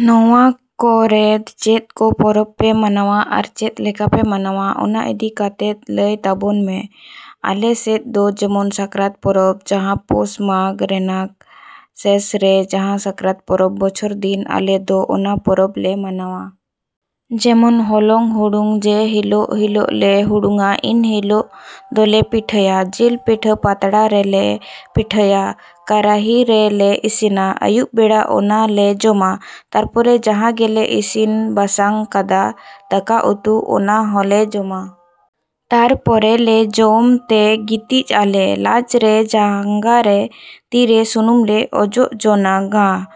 ‎ᱱᱚᱣᱟ ᱠᱚᱨᱮᱫ ᱪᱮᱫ ᱠᱚ ᱯᱚᱨᱚᱵᱽ ᱯᱮ ᱢᱟᱱᱟᱣᱟ ᱟᱨ ᱪᱮᱫ ᱞᱮᱠᱟᱯᱮ ᱢᱟᱱᱟᱣᱟ ᱚᱱᱟ ᱤᱫᱤ ᱠᱟᱛᱮᱫ ᱞᱟᱹᱭ ᱛᱟᱵᱚᱱ ᱢᱮ᱾ ᱟᱞᱮ ᱥᱮᱫ ᱫᱚ ᱡᱮᱢᱚᱱ ᱥᱟᱠᱨᱟᱛ ᱯᱚᱨᱚᱵᱽ ᱡᱟᱦᱟᱸ ᱯᱚᱥ ᱢᱟᱜᱽ ᱨᱮᱱᱟᱜ ᱥᱮᱥᱨᱮ ᱡᱟᱦᱟᱸ ᱥᱟᱠᱨᱟᱛ ᱯᱚᱨᱚᱵᱽ ᱵᱚᱪᱷᱚᱨ ᱫᱤᱱ ᱟᱞᱮ ᱫᱚ ᱚᱱᱟ ᱯᱚᱨᱚᱵᱽ ᱞᱮ ᱢᱟᱱᱟᱣᱟ᱾ ᱡᱮᱢᱚᱱ ᱦᱚᱞᱚᱝ ᱦᱩᱲᱩᱝ ᱡᱮ ᱦᱤᱞᱚᱜ ᱦᱚᱞᱚᱝ ᱞᱮ ᱦᱩᱲᱩᱝ ᱟ ᱤᱱ ᱦᱤᱞᱚᱜ ᱫᱚᱞᱮ ᱯᱤᱴᱷᱟᱹᱭᱟ᱾ ᱡᱤᱞ ᱯᱤᱴᱷᱟᱹ ᱯᱟᱛᱲᱟ ᱨᱮᱞᱮ ᱯᱤᱴᱷᱟᱹᱭᱟ, ᱠᱟᱨᱟᱦᱤᱨᱮᱞᱮ ᱤᱥᱤᱱᱟ᱾ ᱟᱹᱭᱩᱵ ᱵᱮᱲᱟ ᱚᱱᱟᱞᱮ ᱡᱚᱢᱟ᱾ ᱛᱟᱨᱯᱚᱨᱮ ᱡᱟᱦᱟᱸ ᱜᱮᱞᱮ ᱤᱥᱤᱱ ᱵᱟᱥᱟᱝ ᱠᱟᱫᱟ ᱫᱟᱠᱟ ᱩᱛᱩ ᱚᱱᱟ ᱦᱚᱸᱞᱮ ᱡᱚᱢᱟ᱾ ᱛᱟᱨᱯᱚᱨᱮᱞᱮ ᱡᱚᱢ ᱛᱮ ᱜᱤᱛᱤᱡᱼᱟᱞᱮ᱾ ᱞᱟᱡᱨᱮ, ᱡᱟᱸᱜᱟᱨᱮ, ᱛᱤ ᱨᱮ ᱥᱩᱱᱩᱢᱞᱮ ᱚᱡᱚᱜ ᱡᱚᱱᱟᱜᱼᱟ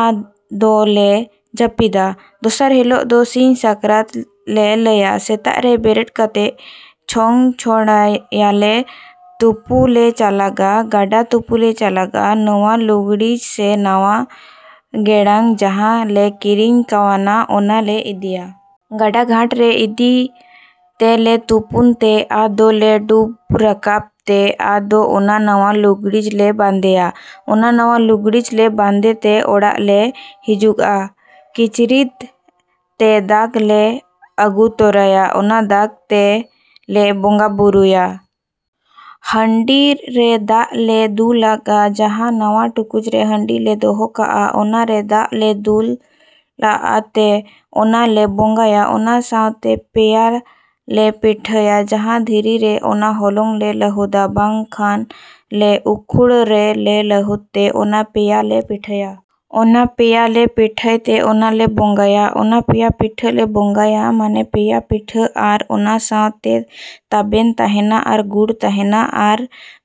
ᱟᱫᱚᱞᱮ ᱡᱟᱹᱯᱤᱫᱟ᱾ ᱫᱚᱥᱟᱨ ᱦᱤᱞᱚᱜ ᱫᱚ ᱥᱤᱧ ᱥᱟᱠᱨᱟᱛ ᱞᱮ ᱞᱟᱹᱭᱟ᱾ ᱥᱮᱛᱟᱜ ᱨᱮ ᱵᱮᱨᱮᱫ ᱠᱟᱛᱮᱫ ᱪᱷᱚᱸᱪ ᱪᱷᱚᱲᱟᱭᱟᱞᱮ, ᱛᱩᱯᱩᱞᱮ ᱪᱟᱞᱟᱜᱼᱟ᱾ ᱜᱟᱰᱟ ᱛᱩᱯᱩᱞᱮ ᱪᱟᱞᱟᱜᱼᱟ᱾ ᱱᱟᱣᱟ ᱞᱩᱜᱽᱲᱤᱡ ᱥᱮ ᱱᱟᱣᱟ ᱜᱮᱸᱫᱟᱜ ᱡᱟᱦᱟᱸ ᱞᱮ ᱠᱤᱨᱤᱧ ᱠᱟᱣᱱᱟ ᱚᱱᱟᱞᱮ ᱤᱫᱤᱭᱟ᱾ ᱜᱟᱰᱟ ᱜᱷᱟᱴᱨᱮ ᱤᱫᱤ ᱛᱮᱞᱮ ᱛᱩᱯᱩᱱ ᱛᱮ ᱟᱫᱚᱞᱮ ᱰᱩᱵᱽ ᱨᱟᱠᱟᱵ ᱛᱮ ᱟᱫᱚ ᱚᱱᱟ ᱱᱟᱣᱟ ᱞᱩᱜᱽᱲᱤᱡᱞᱮ ᱵᱟᱸᱫᱮᱭᱟ᱾ ᱚᱱᱟ ᱱᱟᱣᱟ ᱞᱩᱜᱽᱲᱤᱡ ᱞᱮ ᱵᱟᱸᱫᱮ ᱛᱮ ᱚᱲᱟᱜ ᱞᱮ ᱦᱤᱡᱩᱜᱼᱟ᱾ ᱠᱤᱪᱨᱤᱫ ᱛᱮ ᱫᱟᱜ ᱞᱮ ᱟᱹᱜᱩ ᱛᱚᱨᱟᱭᱟ᱾ ᱚᱱᱟ ᱫᱟᱜ ᱛᱮᱞᱮ ᱵᱚᱸᱜᱟᱼᱵᱩᱨᱩᱭᱟ᱾ ᱦᱟᱺᱰᱤ ᱨᱮ ᱫᱟᱜ ᱞᱮ ᱫᱩᱞᱟᱜᱼᱟ ᱡᱟᱦᱟᱸ ᱱᱟᱣᱟ ᱴᱩᱠᱩᱡ ᱨᱮ ᱦᱟᱺᱰᱤ ᱞᱮ ᱫᱚᱦᱚ ᱠᱟᱜᱼᱟ ᱚᱱᱟᱨᱮ ᱫᱟᱜ ᱞᱮ ᱫᱩᱞᱟᱜ ᱛᱮ ᱚᱱᱟᱞᱮ ᱵᱚᱸᱜᱟᱭᱟ᱾ ᱚᱱᱟ ᱥᱟᱶᱛᱮ ᱯᱮᱭᱟᱞᱮ ᱯᱤᱴᱷᱟᱹᱭᱟ ᱡᱟᱦᱟᱸ ᱫᱷᱤᱨᱤ ᱨᱮ ᱚᱱᱟ ᱦᱚᱞᱚᱝ ᱞᱮ ᱞᱟᱹᱦᱩᱫᱟ ᱵᱟᱠᱷᱟᱱ ᱞᱮ ᱩᱠᱷᱩᱲ ᱨᱮᱞᱮ ᱞᱟᱹᱦᱩᱫ ᱛᱮ ᱚᱱᱟ ᱯᱮᱭᱟᱞᱮ ᱯᱤᱴᱷᱟᱹᱭᱟ᱾ ᱚᱱᱟ ᱯᱮᱭᱟᱞᱮ ᱯᱤᱴᱷᱟᱹᱭᱛᱮ ᱚᱱᱟᱞᱮ ᱵᱚᱸᱜᱟᱭᱟ᱾ ᱚᱱᱟ ᱯᱮᱭᱟ ᱯᱤᱴᱷᱟᱹᱞᱮ ᱵᱚᱸᱜᱟᱭᱟ ᱢᱟᱱᱮ ᱯᱮᱭᱟ ᱯᱤᱴᱷᱟᱹ ᱟᱨ ᱚᱱᱟ ᱥᱟᱶᱛᱮ ᱛᱟᱵᱮᱱ ᱛᱟᱦᱮᱱᱟ ᱟᱨ ᱜᱩᱲ ᱛᱟᱦᱮᱱᱟ ᱟᱨ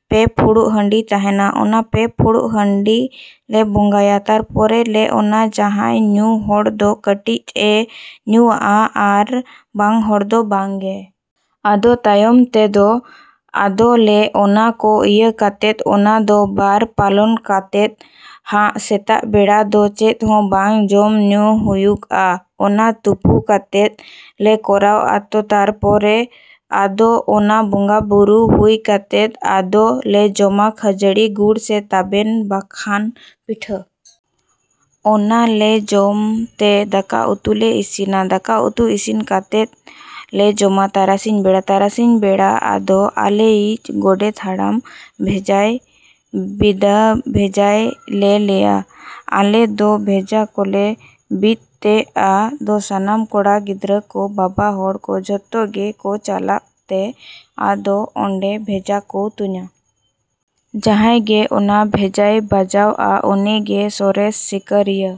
ᱯᱮ ᱯᱷᱩᱲᱩᱜ ᱦᱟᱺᱰᱤ ᱛᱟᱦᱮᱱᱟ᱾ ᱚᱱᱟ ᱯᱮ ᱯᱷᱩᱲᱩᱜ ᱦᱟᱺᱰᱤᱞᱮ ᱵᱚᱸᱜᱟᱭᱟ᱾ ᱛᱟᱨᱯᱚᱨᱮ ᱞᱮ ᱚᱱᱟ ᱡᱟᱦᱟᱸᱭ ᱧᱩ ᱦᱚᱲ ᱫᱚ ᱠᱟᱹᱴᱤᱡᱼᱮ ᱧᱩᱣᱟᱜᱼᱟ ᱟᱨ ᱵᱟᱝ ᱦᱚᱲ ᱫᱚ ᱵᱟᱝ ᱜᱮ᱾ ᱟᱫᱚ ᱛᱟᱭᱚᱢ ᱛᱮᱫᱚ ᱟᱫᱚᱞᱮ ᱚᱱᱟ ᱠᱚ ᱤᱭᱟᱹ ᱠᱟᱛᱮᱫ ᱚᱱᱟ ᱫᱚ ᱵᱟᱨ ᱯᱟᱞᱚᱱ ᱠᱟᱛᱮᱫ ᱦᱟᱸᱜ ᱥᱮᱛᱟᱜ ᱵᱮᱲᱟ ᱫᱚ ᱪᱮᱫ ᱦᱚᱸ ᱵᱟᱝ ᱡᱚᱢ ᱦᱩᱭᱩᱜᱼᱟ ᱚᱱᱟ ᱛᱩᱯᱩ ᱠᱟᱛᱮᱫ ᱞᱮ ᱠᱚᱨᱟᱣ ᱟᱛᱚ ᱛᱟᱨᱯᱚᱨᱮ ᱟᱫᱚ ᱚᱱᱟ ᱵᱚᱸᱜᱟᱼᱵᱩᱨᱩ ᱦᱩᱭ ᱠᱟᱛᱮᱫ ᱟᱫᱚᱞᱮ ᱡᱚᱢᱟ ᱠᱷᱟᱹᱡᱟᱲᱤ ᱜᱩᱲ ᱥᱮ ᱛᱟᱵᱮᱱ ᱵᱟᱠᱷᱟᱱ ᱯᱤᱴᱷᱟᱹ᱾ ᱚᱱᱟᱞᱮ ᱡᱚᱢ ᱛᱮ ᱫᱟᱠᱟ ᱩᱛᱩᱞᱮ ᱤᱥᱤᱱᱟ᱾ ᱫᱟᱠᱟ ᱩᱛᱩ ᱤᱥᱤᱱ ᱠᱟᱛᱮᱫ ᱞᱮ ᱡᱚᱢᱟ ᱛᱟᱨᱟᱥᱤᱧ ᱵᱮᱲᱟ᱾ ᱛᱟᱨᱟᱥᱤᱧ ᱵᱮᱲᱟ ᱟᱫᱚ ᱟᱞᱮᱭᱤᱡ ᱜᱳᱰᱮᱛ ᱦᱟᱲᱟᱢ ᱵᱷᱮᱡᱟᱭ ᱵᱤᱫᱟ ᱵᱷᱮᱡᱟ ᱞᱮ ᱞᱟᱹᱭᱟ᱾ ᱟᱞᱮ ᱫᱚ ᱵᱷᱮᱡᱟ ᱠᱚᱞᱮ ᱵᱤᱫ ᱛᱮ ᱟᱫᱚ ᱥᱟᱱᱟᱢ ᱠᱚᱲᱟ ᱜᱤᱫᱽᱨᱟᱹ ᱠᱚ, ᱵᱟᱵᱟ ᱦᱚᱲ ᱠᱚ ᱡᱷᱚᱛᱚ ᱜᱮᱠᱚ ᱪᱟᱞᱟᱜ ᱛᱮ ᱟᱫᱚ ᱚᱸᱰᱮ ᱵᱷᱮᱡᱟ ᱠᱚ ᱛᱩᱧᱟ᱾ ᱡᱟᱦᱟᱸᱭ ᱜᱮ ᱚᱱᱟ ᱵᱷᱮᱡᱟᱭ ᱵᱟᱡᱟᱣ ᱟ ᱩᱱᱤ ᱜᱮ ᱥᱚᱨᱮᱥ ᱥᱤᱠᱟ.ᱨᱤᱭᱟ.᱾